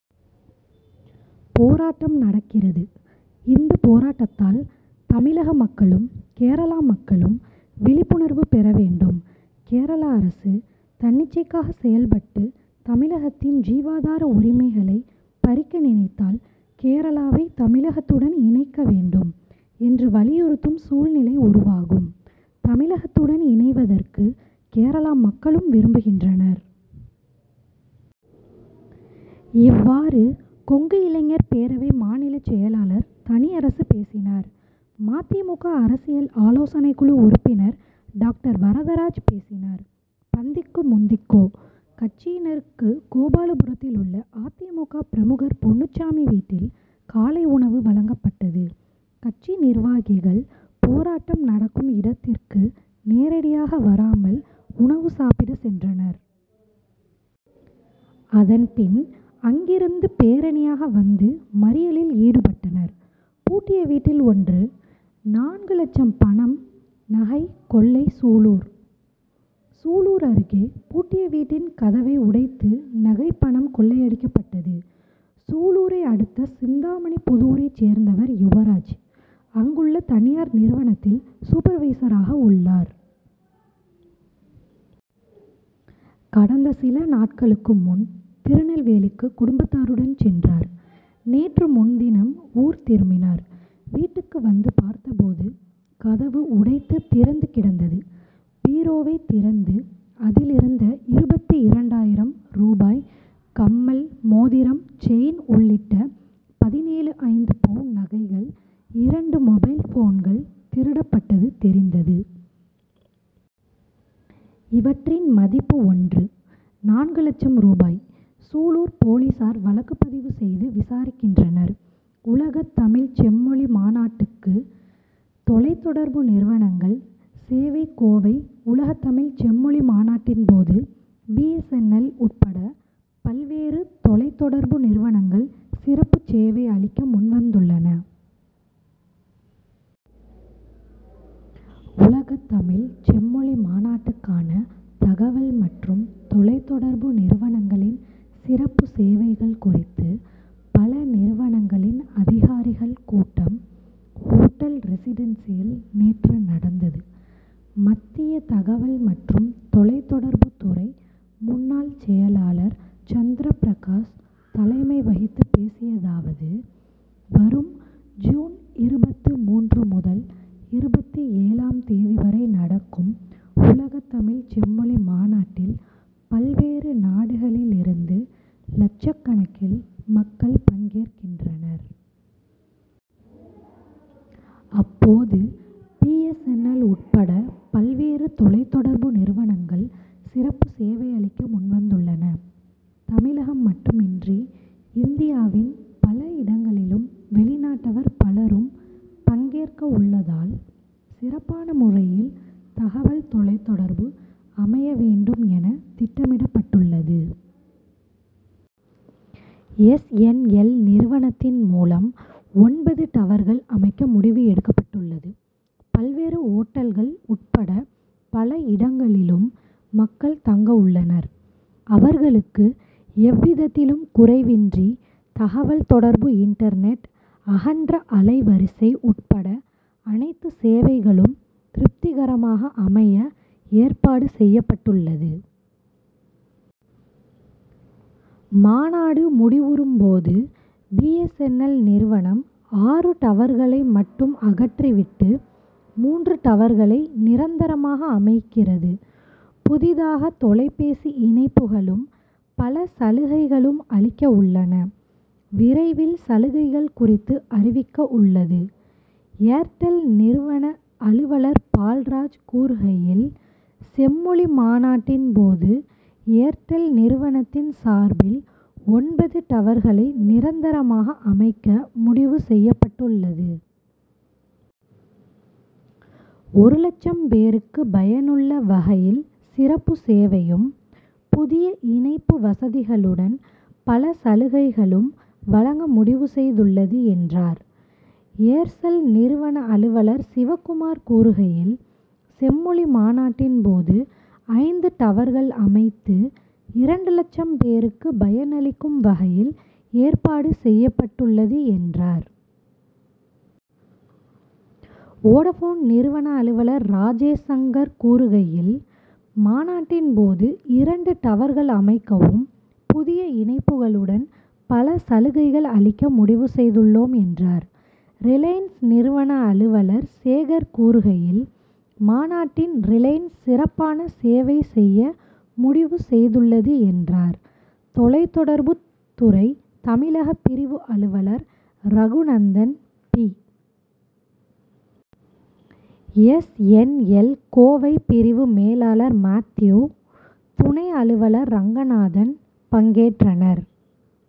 போராட்டம் நடக்கிறது. இந்த போராட்டத்தால் தமிழக மக்களும், கேரளா மக்களும் விழிப்புணர்வு பெற வேண்டும். கேரளா அரசு தன்னிச்சைக்காக செயல்பட்டு தமிழகத்தின் ஜீவாதார உரிமைகளை பறிக்க நினைத்தால், கேரளாவை தமிழகத்துடன் இணைக்க வேண்டும் என்று வலியுறுத்தும் சூழ்நிலை உருவாகும். தமிழகத்துடன் இணைவதற்கு கேரளா மக்களும் விரும்புகின்றனர். இவ்வாறு, கொங்கு இளைஞர் பேரவை மாநில செயலாளர் தனியரசு பேசினார். ம. தி. மு. க., அரசியல் ஆலோசனைக்குழு உறுப்பினர் டாக்டர் வரதராஜ் பேசினார். பந்திக்கு முந்திக்கோ! கட்சியினருக்கு கோபாலபுரத்திலுள்ள அ. தி. மு. க., பிரமுகர் பொன்னுச்சாமி வீட்டில் காலை உணவு வழங்கப்பட்டது. கட்சி நிர்வாகிகள் போராட்டம் நடக்கும் இடத்திற்கு நேரடியாக வராமல் உணவு சாப்பிட சென்றனர். அதன்பின், அங்கிருந்து பேரணியாக வந்து மறியலில் ஈடுபட்டனர். பூட்டிய வீட்டில் ஒன்று.நான்கு லட்சம் பணம், நகை கொள்ளை சூலூர். சூலூர் அருகே பூட்டிய வீட்டின் கதவை உடைத்து நகை பணம் கொள்ளையடிக்கப்பட்டது. சூலூரை அடுத்த சிந்தாமணிப்புதூரைச் சேர்ந்தவர் யுவராஜ். அங்குள்ள தனியார் நிறுவனத்தில் சூபர்வைசராக உள்ளார். கடந்த சில நாட்களுக்கு முன் திருநெல்வேலிக்கு குடும்பத்தாருடன் சென்றார். நேற்று முன்தினம் ஊர் திரும்பினர். வீட்டுக்கு வந்து பார்த்தபோது, கதவு உடைத்து திறந்து கிடந்தது. பீரோவைத் திறந்து அதிலிருந்த இருபத்து இரண்டு ஆயிரம் ரூபாய், கம்மல், மோதிரம், செயின் உள்ளிட்ட பதினேழு. ஐந்து பவுன் நகைகள், இரண்டு மொபைல் போன்கள் திருடப்பட்டது தெரிந்தது. இவற்றின் மதிப்பு ஒன்று.நான்கு லட்சம் ரூபாய். சூலூர் போலீசார் வழக்கு பதிவு செய்து விசாரிக்கின்றனர். உலகத்தமிழ்ச் செம்மொழி மாநாட்டுக்கு தொலைத்தொடர்பு நிறுவனங்கள் சேவை கோவை உலகத்தமிழ்ச் செம்மொழி மாநாட்டின்போது பி. எஸ். என். எல்., உட்பட பல்வேறு தொலைத் தொடர்பு நிறுவனங்கள் சிறப்பு சேவை அளிக்க முன்வந்துள்ளன. உலகத்தமிழ்ச் செம்மொழி மாநாட்டுக்கான தகவல் மற்றும் தொலைத் தொடர்பு நிறுனங்களின் சிறப்பு சேவைகள் குறித்து, பல நிறுவனங்களின் அதிகாரிகள் கூட்டம் ஓட்டல் ரெசிடென்சியில் நேற்று நடந்தது. மத்திய தகவல் மற்றும் தொலைத் தொடர்புத்துறை முன்னாள் செயலாளர் சந்திர பிரகாஷ் தலைமை வகித்து பேசியதாவது. வரும் ஜூன் இருபத்து மூன்று முதல் இருபத்து ஏழு ம் தேதி வரை நடக்கும் உலகத்தமிழ்ச் செம்மொழி மாநாட்டில், பல்வேறு நாடுகளிலிருந்து லட்சக்கணக்கில் மக்கள் பங்கேற்கின்றனர். அப்போது பி. எஸ். என். எல்., உட்பட பல்வேறு தொலைத் தொடர்பு நிறுவனங்கள் சிறப்பு சேவை அளிக்க முன்வந்துள்ளன. தமிழகம் மட்டுமின்றி, இந்தியாவின் பல இடங்களிலும், வெளிநாட்டவர் பலரும் பங்கேற்க உள்ளதால் சிறப்பான முறையில் தகவல் தொலைத்தொடர்பு அமைய வேண்டும் என திட்டமிடப்பட்டுள்ளது. எஸ். என். எல்., நிறுவனத்தின் மூலம் ஒன்பது டவர்கள் அமைக்க முடிவு எடுக்கப்பட்டுள்ளது. பல்வேறு ஓட்டல்கள் உட்பட பல இடங்களிலும் மக்கள் தங்க உள்ளனர். அவர்களுக்கு எவ்விதத்திலும் குறைவின்றி தகவல் தொடர்பு இன்டர்நெட், அகன்ற அலை வரிசை உட்பட அனைத்து சேவைகளும் திருப்திகரமாக அமைய ஏற்பாடு செய்யப்பட்டுள்ளது. மாநாடு முடிவுறும் போது பி. எஸ். என். எல்., நிறுவனம் ஆறு டவர்களை மட்டும் அகற்றி விட்டு, மூன்று டவர்களை நிரந்தரமாக அமைக்கிறது. புதிதாக தொலை பேசி இணைப்புகளும் பல சலுகைகளும் அளிக்க உள்ளன. விரைவில் சலுகைகள் குறித்து அறிவிக்க உள்ளது. ஏர் டெல்' நிறுவன அலுவலர் பால்ராஜ் கூறுகையில், செம்மொழி மாநாட்டின் போது ஏர் டெல் நிறுவனத்தின் சார்பில் ஒன்பது டவர்களை நிரந்தரமாக அமைக்க முடிவு செய்யப்பட்டுள்ளது. ஒரு லட்சம் பேருக்கு பயனுள்ள வகையில் சிறப்பு சேவையும், புதிய இணைப்பு வசதிகளுடன், பல சலுகைகளும் வழங்க முடிவு செய்துள்ளது, என்றார். ஏர் செல்' நிறுவன அலுவலர் சிவக்குமார் கூறுகையில், செம்மொழி மாநாட்டின் போது ஐந்து டவர்கள் அமைத்து, இரண்டு லட்சம் பேருக்கு பயனளிக்கும் வகையில் ஏற்பாடு செய்யப்பட்டுள்ளது, என்றார். வோடாபோன் நிறுவன அலுவலர் ராஜேஷ் சங்கர் கூறுகையில், மாநாட்டின் போது இரண்டு டவர்கள் அமைக்கவும், புதிய இணைப்புகளுடன் பல சலுகைகள் அளிக்க முடிவு செய்துள்ளோம், என்றார். ரிலையன்ஸ் நிறுவன அலுவலர் சேகர் கூறுகையில், மாநாட்டில் ரிலையன்ஸ் சிறப்பான சேவை செய்ய முடிவு செய்துள்ளது, என்றார். தொலைத் தொடர்புத் துறை தமிழக பிரிவு அலுவலர் ரகுநந்தன், பி. எஸ். என். எல்.,கோவை பிரிவு மேலாளர் மாத்யூ, துணை அலுவலர் ரங்கநாதன் பங்கேற்றனர்.